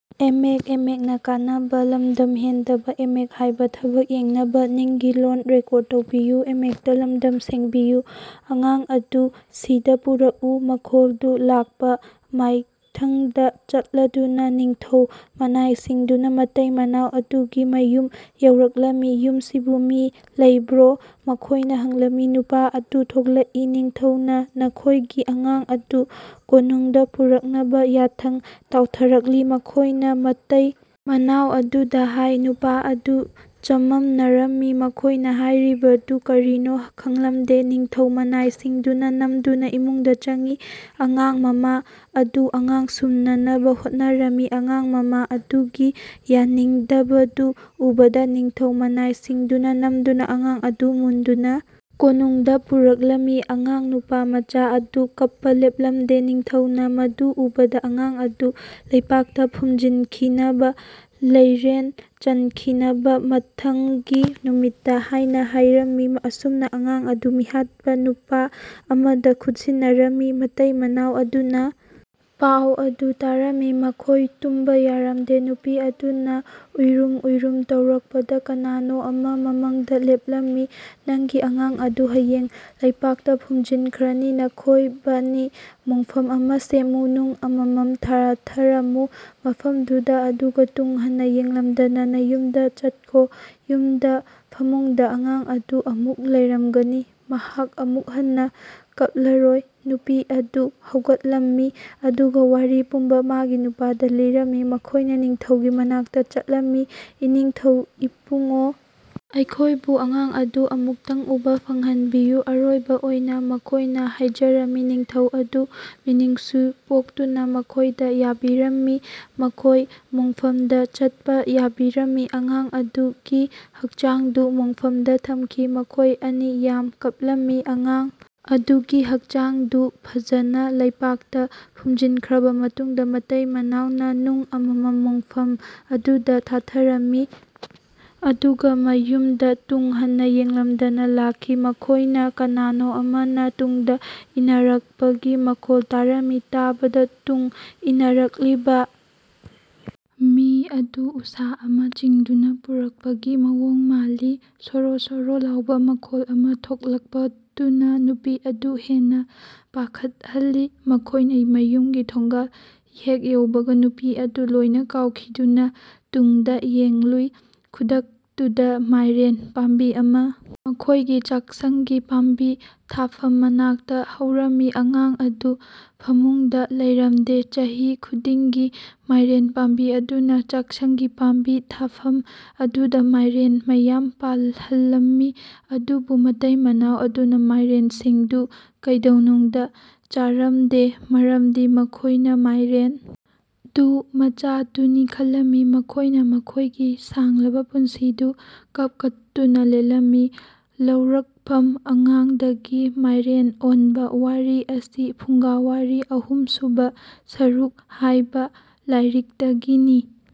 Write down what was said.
ꯑꯉꯥꯡ ꯑꯗꯨ ꯁꯤꯗ ꯄꯨꯔꯛꯎ꯫" ꯃꯈꯣꯜꯗꯨ ꯂꯥꯛꯄ ꯃꯥꯢꯊꯩꯗ ꯆꯠꯂꯗꯨꯅ ꯅꯤꯡꯊꯧ ꯃꯅꯥꯢꯁꯤꯡꯗꯨꯅ ꯃꯇꯩ ꯃꯅꯥꯎ ꯑꯗꯨꯒꯤ ꯃꯌꯨꯝ ꯌꯧꯔꯛꯂꯝꯃꯤ꯫ "ꯌꯨꯝꯁꯤꯕꯨ ꯃꯤ ꯂꯩꯕꯔꯣ?"ꯃꯈꯣꯢꯅ ꯍꯪꯂꯝꯃꯤ꯫ ꯅꯨꯄꯥ ꯑꯗꯨ ꯊꯣꯛꯂꯛꯏ,"ꯅꯤꯡꯊꯧ ꯅ ꯅꯈꯣꯢ ꯒꯤ ꯑꯉꯥꯡ ꯑꯗꯨ ꯀꯣꯅꯨꯡ ꯗ ꯄꯨꯔꯛꯅꯕ ꯌꯥꯊꯪ ꯇꯥꯎꯊꯔꯛꯂꯤ꯫"ꯃꯈꯣꯢꯅ ꯃꯇꯩ ꯃꯅꯥꯎ ꯑꯗꯨꯗ ꯍꯥꯢ꯫ ꯅꯨꯄꯥ ꯑꯗꯨ ꯆꯃꯝꯅꯔꯝꯃꯤ꯫ ꯃꯈꯣꯢꯅ ꯍꯥꯢꯔꯤꯕꯗꯨ ꯀꯔꯤꯅꯣ ꯈꯪꯂꯝꯗꯦ꯫ ꯅꯤꯡꯊꯧ ꯃꯅꯥꯢꯁꯤꯡꯗꯨꯅ ꯅꯝꯗꯨꯅ ꯏꯃꯨꯡꯗ ꯆꯪꯏ꯫ ꯑꯉꯥꯡ ꯃꯃꯥ ꯑꯗꯨ ꯑꯉꯥꯡ ꯁꯨꯝꯅꯅꯕ ꯍꯣꯠꯅꯔꯝꯃꯤ꯫ ꯑꯉꯥꯡ ꯃꯃꯥ ꯑꯗꯨ ꯒꯤ ꯌꯥꯅꯤꯡꯗꯕꯗꯨ ꯎꯕꯗ ꯅꯤꯡꯊꯧ ꯃꯅꯥꯢꯁꯤꯡꯗꯨꯅ ꯅꯝꯗꯨꯅ ꯑꯉꯥꯡ ꯑꯗꯨ ꯃꯨꯟꯗꯨꯅ ꯀꯣꯅꯨꯡ ꯗ ꯄꯨꯔꯛꯂꯝꯃꯤ꯫ ꯑꯉꯥꯡ ꯅꯨꯄꯥ ꯃꯆꯥ ꯑꯗꯨ ꯀꯞꯄ ꯂꯦꯞꯂꯝꯗꯦ꯫ ꯅꯤꯡꯊꯧ ꯅ ꯃꯗꯨ ꯎꯕꯗ ꯑꯉꯥꯡ ꯑꯗꯨ ꯂꯩꯄꯥꯛꯇ ꯐꯨꯝꯖꯤꯟꯈꯤꯅꯕ (ꯂꯩꯔꯦꯟ ꯆꯟꯈꯤꯅꯕ) ꯃꯊꯪꯒꯤ ꯅꯨꯃꯤꯠꯇ ꯍꯥꯢꯅ ꯍꯥꯢꯔꯝꯃꯤ꯫ ꯑꯁꯨꯝꯅ, ꯑꯉꯥꯡ ꯑꯗꯨ ꯃꯤꯍꯥꯠꯄ ꯅꯨꯄꯥ ꯑꯃꯗ ꯈꯨꯠꯁꯤꯟꯅꯔꯝꯃꯤ꯫ ꯃꯇꯩ ꯃꯅꯥꯎ ꯑꯗꯨꯅ ꯄꯥꯎ ꯑꯗꯨ ꯇꯥꯔꯝꯃꯤ꯫ ꯃꯈꯣꯢ ꯇꯨꯝꯕ ꯌꯥꯔꯝꯗꯦ꯫ ꯅꯨꯄꯤ ꯑꯗꯨꯅ ꯎꯏꯔꯨꯝ ꯎꯏꯔꯨꯝ ꯇꯧꯔꯛꯄꯗ ꯀꯅꯥꯅꯣ ꯑꯃ ꯃꯃꯪꯗ ꯂꯦꯞꯂꯝꯃꯤ꯫ "ꯅꯪꯒꯤ ꯑꯉꯥꯡ ꯑꯗꯨ ꯍꯌꯦꯡ ꯂꯩꯄꯥꯛꯇ ꯐꯨꯝꯖꯤꯟꯈ꯭ꯔꯅꯤ꯫ ꯅꯈꯣꯢꯕꯥꯅꯤ ꯃꯣꯡꯐꯝ ꯑꯃ ꯁꯦꯝꯃꯨ꯫ ꯅꯨꯡ ꯑꯃꯃꯝ ꯊꯥꯊꯔꯝꯃꯨ ꯃꯐꯝꯗꯨꯗ ꯑꯗꯨꯒ ꯇꯨꯡ ꯍꯟꯅ ꯌꯦꯡꯂꯝꯗꯅ ꯅꯌꯨꯝꯗ ꯆꯠꯈꯣ꯫ ꯌꯨꯝꯗ ꯐꯃꯨꯡꯗ ꯑꯉꯥꯡ ꯑꯗꯨ ꯑꯃꯨꯛ ꯂꯩꯔꯝꯒꯅꯤ꯫ ꯃꯍꯥꯛ ꯑꯃꯨꯛ ꯍꯟꯅ ꯀꯞꯂꯔꯣꯢ꯫"ꯅꯨꯄꯤ ꯑꯗꯨ ꯍꯧꯒꯠꯂꯝꯃꯤ꯫ ꯑꯗꯨꯒ ꯋꯥꯔꯤ ꯄꯨꯝꯕ ꯃꯥꯒꯤ ꯅꯨꯄꯥ ꯗ ꯂꯤꯔꯝꯃꯤ꯫ ꯃꯈꯣꯢꯅ ꯅꯤꯡꯊꯧꯒꯤ ꯃꯅꯥꯛꯇ ꯆꯠꯂꯝꯃꯤ꯫ "ꯏꯅꯤꯡꯊꯧ ꯏꯄꯨꯉꯣ! ꯑꯩꯈꯣꯢꯕꯨ ꯑꯉꯥꯡ ꯑꯗꯨ ꯑꯃꯨꯛꯇꯪ ꯎꯕ ꯐꯪꯍꯟꯕꯤꯌꯨ ꯑꯔꯣꯢꯕ ꯑꯣꯢꯅ꯫" ꯃꯈꯣꯢꯅ ꯍꯥꯢꯖꯔꯝꯃꯤ꯫ ꯅꯤꯡꯊꯧ ꯑꯗꯨ ꯃꯤꯅꯨꯡꯁꯤ ꯄꯣꯛꯇꯨꯅ ꯃꯈꯣꯢꯗ ꯌꯥꯕꯤꯔꯝꯃꯤ꯫ ꯃꯈꯣꯢ ꯃꯣꯡꯐꯝ ꯗ ꯆꯠꯄ ꯌꯥꯕꯤꯔꯝꯃꯤ꯫ ꯑꯉꯥꯡ ꯑꯗꯨ ꯒꯤ ꯍꯛꯆꯥꯡꯗꯨ ꯃꯣꯡꯐꯝ ꯗ ꯊꯝꯈꯤ꯫ ꯃꯈꯣꯢ ꯑꯅꯤ ꯌꯥꯝ ꯀꯞꯂꯝꯃꯤ꯫ ꯑꯉꯥꯡ ꯑꯗꯨ ꯒꯤ ꯍꯛꯆꯥꯡꯗꯨ ꯐꯖꯅ ꯂꯩꯄꯥꯛꯇ ꯐꯨꯝꯖꯤꯟꯈ꯭ꯔꯕ ꯃꯇꯨꯡꯗ ꯃꯇꯩ ꯃꯅꯥꯎ ꯅ ꯅꯨꯡ ꯑꯃꯃꯝ ꯃꯣꯡꯐꯝ ꯑꯗꯨꯗ ꯊꯥꯊꯔꯝꯃꯤ꯫ ꯑꯗꯨꯒ ꯃꯌꯨꯝꯗ ꯇꯨꯡ ꯍꯟꯅ ꯌꯦꯡꯂꯝꯗꯅ ꯂꯥꯛꯈꯤ꯫ ꯃꯈꯣꯢ ꯅ ꯀꯅꯥꯅꯣ ꯑꯃ ꯅ ꯇꯨꯡꯗ ꯏꯟꯅꯔꯛꯄꯒꯤ ꯃꯈꯣꯜ ꯇꯥꯔꯝꯃꯤ꯫ ꯇꯥꯕꯗ ꯇꯨꯡ ꯏꯟꯅꯔꯛꯂꯤꯕ ꯃꯤ ꯑꯗꯨ ꯎꯁꯥ ꯑꯃ ꯆꯤꯡꯗꯨꯅ ꯄꯨꯔꯛꯄꯒꯤ ꯃꯑꯣꯡ ꯃꯥꯜꯂꯤ꯫ "ꯁꯣꯔꯣ ꯁꯣꯔꯣ"ꯂꯥꯎꯕ ꯃꯈꯣꯜ ꯑꯃ ꯊꯣꯛꯂꯛꯄꯗꯨꯅ ꯅꯨꯄꯤ ꯑꯗꯨ ꯍꯦꯟꯅ ꯄꯥꯈꯠꯍꯜꯂꯤ꯫ ꯃꯈꯣꯢꯅ ꯃꯌꯨꯝꯒꯤ ꯊꯣꯡꯒꯥꯜ ꯍꯦꯛ ꯌꯧꯕꯒ, ꯅꯨꯄꯤ ꯑꯗꯨ ꯂꯣꯢꯅ ꯀꯥꯎꯈꯤꯗꯨꯅ ꯇꯨꯡ ꯗ ꯌꯦꯡꯂꯨꯏ꯫ ꯈꯨꯗꯛꯇꯨꯗ, ꯃꯥꯢꯔꯦꯟ ꯄꯥꯝꯕꯤ ꯑꯃ ꯃꯈꯣꯢ ꯒꯤ ꯆꯥꯛꯁꯪꯒꯤ ꯄꯥꯝꯕꯤ ꯊꯥꯐꯝ ꯃꯅꯥꯛꯇ ꯍꯧꯔꯝꯃꯤ꯫ ꯑꯉꯥꯡ ꯑꯗꯨ ꯐꯃꯨꯡꯗ ꯂꯩꯔꯝꯗꯦ꯫ ꯆꯍꯤ ꯈꯨꯗꯤꯡꯒꯤ ꯃꯥꯢꯔꯦꯟ ꯄꯥꯝꯕꯤ ꯑꯗꯨꯅ ꯆꯥꯛꯁꯪꯒꯤ ꯄꯥꯝꯕꯤ ꯊꯥꯐꯝ ꯑꯗꯨꯗ ꯃꯥꯢꯔꯦꯟ ꯃꯌꯥꯝ ꯄꯥꯜꯍꯜꯂꯝꯃꯤ꯫ ꯑꯗꯨꯕꯨ ꯃꯇꯩ ꯃꯅꯥꯎ ꯑꯗꯨꯅ ꯃꯥꯢꯔꯦꯟꯁꯤꯡꯗꯨ ꯀꯩꯗꯧꯅꯨꯡꯗ ꯆꯥꯔꯝꯗꯦ꯫ꯃꯔꯝꯗꯤ ꯃꯈꯣꯢ ꯅ ꯃꯥꯢꯔꯦꯟ ꯗꯨ ꯃꯆꯥꯗꯨꯅꯤ ꯈꯜꯂꯝꯃꯤ꯫ ꯃꯈꯣꯢ ꯅ ꯃꯈꯣꯢ ꯒꯤ ꯁꯥꯡꯂꯕ ꯄꯨꯟꯁꯤꯗꯨ ꯀꯞ ꯀꯞꯇꯨꯅ ꯂꯦꯜꯂꯝꯃꯤ꯫ ꯂꯧꯔꯛꯐꯝ "ꯑꯉꯥꯡ ꯗꯒꯤ ꯃꯥꯢꯔꯦꯟ ꯑꯣꯟꯕ" ꯋꯥꯔꯤ ꯑꯁꯤ "ꯐꯨꯡꯒꯥꯋꯥꯔꯤ, ꯑꯍꯨꯝ ꯁꯨꯕ ꯁꯔꯨꯛ" ꯍꯥꯢꯕ ꯂꯥꯢꯔꯤꯛꯇꯒꯤꯅꯤ꯫